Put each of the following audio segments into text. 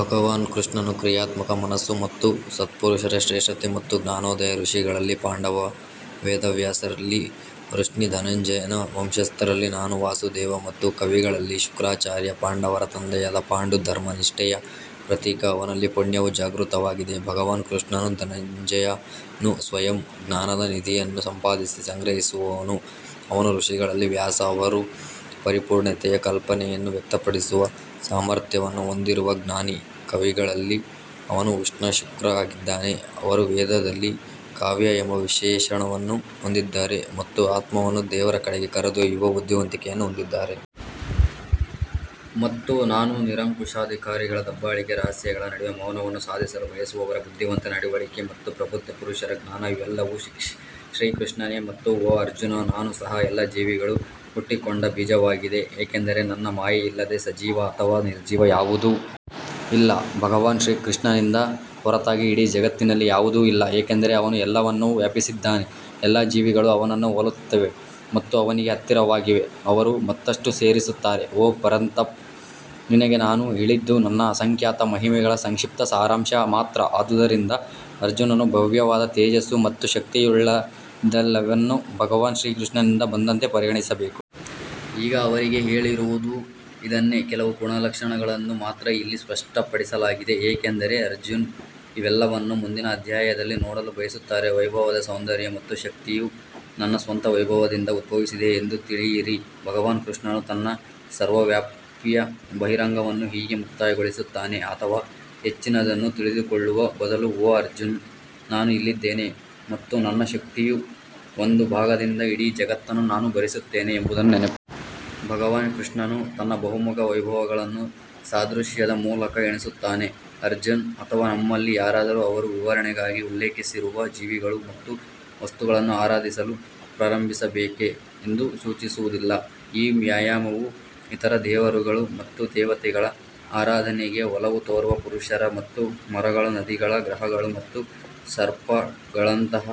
ಭಗವಾನ್ ಕೃಷ್ಣನು ಕ್ರಿಯಾತ್ಮಕ ಮನಸ್ಸು ಮತ್ತು ಸತ್ಪುರುಷರ ಶ್ರೇಷ್ಠತೆ ಮತ್ತು ಜ್ಞಾನೋದಯ ಋಷಿಗಳಲ್ಲಿ ಪಾಂಡವ ವೇದವ್ಯಾಸರಲ್ಲಿ ವೃಷ್ಣಿ ಧನಂಜಯನ ವಂಶಸ್ಥರಲ್ಲಿ ನಾನು ವಾಸುದೇವ ಮತ್ತು ಕವಿಗಳಲ್ಲಿ ಶುಕ್ರಾಚಾರ್ಯ ಪಾಂಡವರ ತಂದೆಯಾದ ಪಾಂಡು ಧರ್ಮನಿಷ್ಠೆಯ ಪ್ರತೀಕ ಅವನಲ್ಲಿ ಪುಣ್ಯವು ಜಾಗೃತವಾಗಿದೆ ಭಗವಾನ್ ಕೃಷ್ಣನು ಧನಂಜಯನು ಸ್ವಯಂ ಜ್ಞಾನದ ನಿಧಿಯನ್ನು ಸಂಪಾದಿಸಿ ಸಂಗ್ರಹಿಸುವವನು ಅವನು ಋಷಿಗಳಲ್ಲಿ ವ್ಯಾಸ ಅವರು ಪರಿಪೂರ್ಣತೆಯ ಕಲ್ಪನೆಯನ್ನು ವ್ಯಕ್ತಪಡಿಸುವ ಸಾಮರ್ಥ್ಯವನ್ನು ಹೊಂದಿರುವ ಜ್ಞಾನಿ ಕವಿಗಳಲ್ಲಿ ಅವನು ಉಷ್ಣ ಶುಕ್ರ್ ಆಗಿದ್ದಾನೆ, ಅವರು ವೇದದಲ್ಲಿ ಕಾವ್ಯ ಎಂಬ ವಿಶೇಷಣವನ್ನು ಹೊಂದಿದ್ದಾರೆ ಮತ್ತು ಆತ್ಮವನ್ನು ದೇವರ ಕಡೆಗೆ ಕರೆದೊಯ್ಯುವ ಬುದ್ಧಿವಂತಿಕೆಯನ್ನು ಹೊಂದಿದ್ದಾರೆ. ಮತ್ತು ನಾನು ನಿರಂಕುಶಾಧಿಕಾರಿಗಳ ದಬ್ಬಾಳಿಕೆ ರಹಸ್ಯಗಳ ನಡುವೆ ಮೌನವನ್ನು ಸಾಧಿಸಲು ಬಯಸುವವರ ಬುದ್ಧಿವಂತ ನಡವಳಿಕೆ ಮತ್ತು ಪ್ರಬುದ್ಧ ಪುರುಷರ ಜ್ಞಾನ ಇವೆಲ್ಲವೂ ಶ್ರೀಕೃಷ್ಣನೇ ಮತ್ತು ಓ ಅರ್ಜುನ್ ನಾನು ಸಹ ಎಲ್ಲಾ ಜೀವಿಗಳು ಹುಟ್ಟಿಕೊಂಡ ಬೀಜವಾಗಿದೆ ಏಕೆಂದರೆ ನನ್ನ ಮಾಯೆಯಿಲ್ಲದೆ ಸಜೀವ ಅಥವಾ ನಿರ್ಜೀವ ಯಾವುದೂ ಇಲ್ಲ ಭಗವಾನ್ ಕೃಷ್ಣನಿಂದ ಹೊರತಾಗಿ ಇಡೀ ಜಗತ್ತಿನಲ್ಲಿ ಯಾವುದೂ ಇಲ್ಲ ಏಕೆಂದರೆ ಅವನು ಎಲ್ಲವನ್ನೂ ವ್ಯಾಪಿಸಿದ್ದಾನೆ ಎಲ್ಲಾ ಜೀವಿಗಳು ಅವನನ್ನು ಹೋಲುತ್ತವೆ ಮತ್ತು ಅವನಿಗೆ ಹತ್ತಿರವಾಗಿವೆ ಅವರು ಮತ್ತಷ್ಟು ಸೇರಿಸುತ್ತಾರೆ ಓ ಪರಂತಪ್ ನಿನಗೆ ನಾನು ಹೇಳಿದ್ದು ನನ್ನ ಅಸಂಖ್ಯಾತ ಮಹಿಮೆಗಳ ಸಂಕ್ಷಿಪ್ತ ಸಾರಾಂಶ ಮಾತ್ರ ಆದುದರಿಂದ ಅರ್ಜುನನು ಭವ್ಯವಾದ ತೇಜಸ್ಸು ಮತ್ತು ಶಕ್ತಿಯುಳ್ಳದ್ದೆಲ್ಲವನ್ನು ಭಗವಾನ್ ಶ್ರೀಕೃಷ್ಣನಿಂದ ಬಂದಂತೆ ಪರಿಗಣಿಸಬೇಕು. ಈಗ ಅವರಿಗೆ ಹೇಳಿರುವುದು ಇದನ್ನೇ ಕೆಲವು ಗುಣಲಕ್ಷಣಗಳನ್ನು ಮಾತ್ರ ಇಲ್ಲಿ ಸ್ಪಷ್ಟಪಡಿಸಲಾಗಿದೆ ಏಕೆಂದರೆ ಅರ್ಜುನ್ ಇವೆಲ್ಲವನ್ನೂ ಮುಂದಿನ ಅಧ್ಯಾಯದಲ್ಲಿ ನೋಡಲು ಬಯಸುತ್ತಾರೆ ವೈಭವದ ಸೌಂದರ್ಯ ಮತ್ತು ಶಕ್ತಿಯು ನನ್ನ ಸ್ವಂತ ವೈಭವದಿಂದ ಉದ್ಭವಿಸಿದೆ ಎಂದು ತಿಳಿಯಿರಿ ಭಗವಾನ್ ಕೃಷ್ಣನು ತನ್ನ ಸರ್ವವ್ಯಾಪಿಯ ಬಹಿರಂಗವನ್ನು ಹೀಗೆ ಮುಕ್ತಾಯಗೊಳಿಸುತ್ತಾನೆ ಅಥವಾ ಹೆಚ್ಚಿನದನ್ನು ತಿಳಿದುಕೊಳ್ಳುವ ಬದಲು ಓ ಅರ್ಜುನ್ ನಾನು ಇಲ್ಲಿದ್ದೇನೆ ಮತ್ತು ನನ್ನ ಶಕ್ತಿಯ ಒಂದು ಭಾಗದಿಂದ ಇಡೀ ಜಗತ್ತನ್ನು ನಾನು ಭರಿಸುತ್ತೇನೆ ಎಂಬುದನ್ನು ನೆನಪಿಡಿ. ಭಗವಾನ್ ಕೃಷ್ಣನು ತನ್ನ ಬಹುಮುಖ ವೈಭವಗಳನ್ನು ಸಾದೃಶ್ಯದ ಮೂಲಕ ಎಣಿಸುತ್ತಾನೆ ಅರ್ಜುನ್ ಅಥವಾ ನಮ್ಮಲ್ಲಿ ಯಾರಾದರೂ ಅವರು ವಿವರಣೆಗಾಗಿ ಉಲ್ಲೇಖಿಸಿರುವ ಜೀವಿಗಳು ಮತ್ತು ವಸ್ತುಗಳನ್ನು ಆರಾಧಿಸಲು ಪ್ರಾರಂಭಿಸಬೇಕು ಎಂದು ಸೂಚಿಸುವುದಿಲ್ಲ ಈ ವ್ಯಾಯಾಮವು ಇತರ ದೇವರುಗಳು ಮತ್ತು ದೇವತೆಗಳ ಆರಾಧನೆಗೆ ಒಲವು ತೋರುವ ಪುರುಷರು ಮತ್ತು ಮರಗಳು ನದಿಗಳು ಗ್ರಹಗಳು ಮತ್ತು ಸರ್ಪಗಳಂತಹ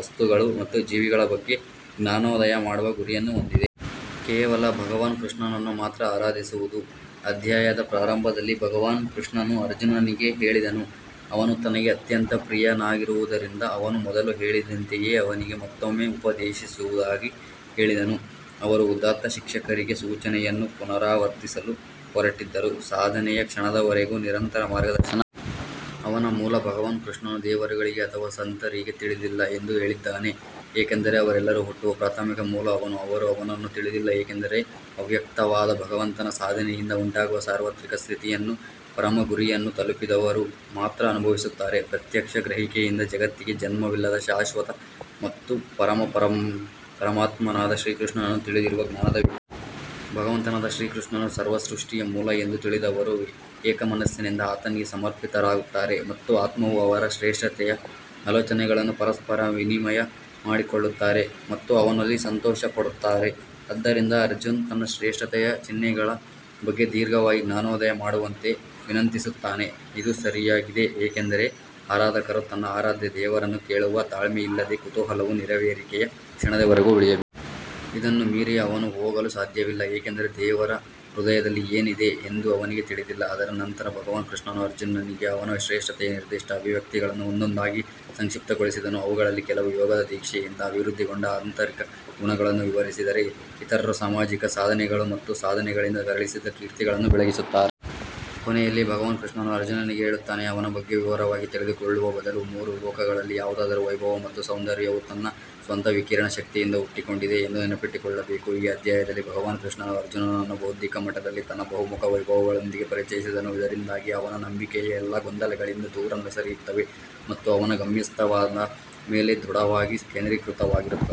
ವಸ್ತುಗಳು ಮತ್ತು ಜೀವಿಗಳ ಬಗ್ಗೆ ಜ್ಞಾನೋದಯ ಮಾಡುವ ಗುರಿಯನ್ನು ಹೊಂದಿದೆ. ಕೇವಲ ಭಗವಾನ್ ಕೃಷ್ಣನನ್ನು ಮಾತ್ರ ಆರಾಧಿಸುವುದು ಅಧ್ಯಾಯದ ಪ್ರಾರಂಭದಲ್ಲಿ ಭಗವಾನ್ ಕೃಷ್ಣನು ಅರ್ಜುನನಿಗೆ ಹೇಳಿದನು, ಅವನು ತನಗೆ ಅತ್ಯಂತ ಪ್ರಿಯನಾಗಿರುವುದರಿಂದ ಅವನು ಮೊದಲು ಹೇಳಿದಂತೆಯೇ ಅವನಿಗೆ ಮತ್ತೊಮ್ಮೆ ಉಪದೇಶಿಸುವುದಾಗಿ ಹೇಳಿದನು. ಅವರು ಉದಾತ್ತ ಶಿಕ್ಷಕರಿಗೆ ಸೂಚನೆಯನ್ನು ಪುನರಾವರ್ತಿಸಲು ಹೊರಟಿದ್ದರು, ಸಾಧನೆಯ ಕ್ಷಣದವರೆಗೂ ನಿರಂತರ ಮಾರ್ಗದರ್ಶನ ಅಗತ್ಯ. ಅವನ ಮೂಲ ಭಗವಾನ್ ಕೃಷ್ಣನು ದೇವರುಗಳಿಗೆ ಅಥವಾ ಸಂತರಿಗೆ ತಿಳಿದಿಲ್ಲ ಎಂದು ಹೇಳಿದ್ದಾನೆ ಏಕೆಂದರೆ ಅವರೆಲ್ಲರೂ ಹುಟ್ಟುವ ಪ್ರಾಥಮಿಕ ಮೂಲ ಅವನು. ಅವರು ಅವನನ್ನು ತಿಳಿದಿಲ್ಲ ಏಕೆಂದರೆ ಅವ್ಯಕ್ತವಾದ ಭಗವಂತನ ಸಾಧನೆಯಿಂದ ಉಂಟಾಗುವ ಸಾರ್ವತ್ರಿಕ ಸ್ಥಿತಿಯನ್ನು ಪರಮ ಗುರಿಯನ್ನು ತಲುಪಿದವರು ಮಾತ್ರ ಅನುಭವಿಸುತ್ತಾರೆ. ಪ್ರತ್ಯಕ್ಷ ಗ್ರಹಿಕೆಯಿಂದ ಜಗತ್ತಿಗೆ ಜನ್ಮವಿಲ್ಲದ ಶಾಶ್ವತ ಮತ್ತು ಪರಮ ಪರಮಾತ್ಮನಾದ ಶ್ರೀಕೃಷ್ಣನನ್ನು ತಿಳಿದಿರುವ ಜ್ಞಾನದ ವ್ಯಕ್ತಿ. ಭಗವಂತನಾದ ಶ್ರೀಕೃಷ್ಣನು ಸರ್ವಸೃಷ್ಟಿಯ ಮೂಲ ಎಂದು ತಿಳಿದವರು ಏಕಮನಸ್ಸಿನಿಂದ ಆತನಿಗೆ ಸಮರ್ಪಿತರಾಗುತ್ತಾರೆ ಮತ್ತು ಆತ್ಮವು ಅವರ ಶ್ರೇಷ್ಠತೆಯ ಆಲೋಚನೆಗಳನ್ನು ಪರಸ್ಪರ ವಿನಿಮಯ ಮಾಡಿಕೊಳ್ಳುತ್ತಾರೆ ಮತ್ತು ಅವನಲ್ಲಿ ಸಂತೋಷಪಡುತ್ತಾರೆ. ಆದ್ದರಿಂದ ಅರ್ಜುನ್ ತನ್ನ ಶ್ರೇಷ್ಠತೆಯ ಚಿಹ್ನೆಗಳ ಬಗ್ಗೆ ದೀರ್ಘವಾಗಿ ಜ್ಞಾನೋದಯ ಮಾಡುವಂತೆ ವಿನಂತಿಸುತ್ತಾನೆ ಇದು ಸರಿಯಾಗಿದೆ ಏಕೆಂದರೆ ಆರಾಧಕರು ತನ್ನ ಆರಾಧ್ಯ ದೇವರನ್ನು ಕೇಳುವ ತಾಳ್ಮೆಯಿಲ್ಲದ ಕುತೂಹಲವು ನೆರವೇರಿಕೆಯ ಕ್ಷಣದವರೆಗೂ ಉಳಿಯಬೇಕು. ಇದನ್ನು ಮೀರಿ ಅವನು ಹೋಗಲು ಸಾಧ್ಯವಿಲ್ಲ ಏಕೆಂದರೆ ದೇವರ ಹೃದಯದಲ್ಲಿ ಏನಿದೆ ಎಂದು ಅವನಿಗೆ ತಿಳಿದಿಲ್ಲ ಅದರ ನಂತರ ಭಗವಾನ್ ಕೃಷ್ಣನು ಅರ್ಜುನನಿಗೆ ಅವನ ಶ್ರೇಷ್ಠತೆಯ ನಿರ್ದಿಷ್ಟ ಅಭಿವ್ಯಕ್ತಿಗಳನ್ನು ಒಂದೊಂದಾಗಿ ಸಂಕ್ಷಿಪ್ತಗೊಳಿಸಿದನು ಅವುಗಳಲ್ಲಿ ಕೆಲವು ಯೋಗದ ದೀಕ್ಷೆಯಿಂದ ಅಭಿವೃದ್ಧಿಗೊಂಡ ಆಂತರಿಕ ಗುಣಗಳನ್ನು ವಿವರಿಸಿದರೆ ಇತರರು ಸಾಮಾಜಿಕ ಸಾಧನೆಗಳು ಮತ್ತು ಸಾಧನೆಗಳಿಂದ ಗಳಿಸಿದ ಕೀರ್ತಿಗಳನ್ನು ಬೆಳಗಿಸುತ್ತಾರೆ. ಕೊನೆಯಲ್ಲಿ, ಭಗವಾನ್ ಕೃಷ್ಣನು ಅರ್ಜುನನಿಗೆ ಹೇಳುತ್ತಾನೆ, ಅವನ ಬಗ್ಗೆ ವಿವರವಾಗಿ ತಿಳಿದುಕೊಳ್ಳುವ ಬದಲು, ಮೂರು ಲೋಕಗಳಲ್ಲಿ ಯಾವುದಾದರೂ ವೈಭವ ಮತ್ತು ಸೌಂದರ್ಯವು ತನ್ನ ಸ್ವಂತ ವಿಕಿರಣ ಶಕ್ತಿಯಿಂದ ಹುಟ್ಟಿಕೊಂಡಿದೆ ಎಂದು ನೆನಪಿಟ್ಟುಕೊಳ್ಳಬೇಕು. ಈ ಅಧ್ಯಾಯದಲ್ಲಿ ಭಗವಾನ್ ಕೃಷ್ಣನು ಅರ್ಜುನನನ್ನು ಬೌದ್ಧಿಕ ಮಟ್ಟದಲ್ಲಿ ತನ್ನ ಬಹುಮುಖ ವೈಭವಗಳೊಂದಿಗೆ ಪರಿಚಯಿಸಿದನು ಇದರಿಂದಾಗಿ ಅವನ ನಂಬಿಕೆಯು ಎಲ್ಲಾ ಗೊಂದಲಗಳಿಂದ ದೂರ ಸರಿಯುತ್ತದೆ ಮತ್ತು ಅವನ ಗಮ್ಯಸ್ಥಾನದ ಮೇಲೆ ದೃಢವಾಗಿ ಕೇಂದ್ರೀಕೃತವಾಗಿರುತ್ತದೆ.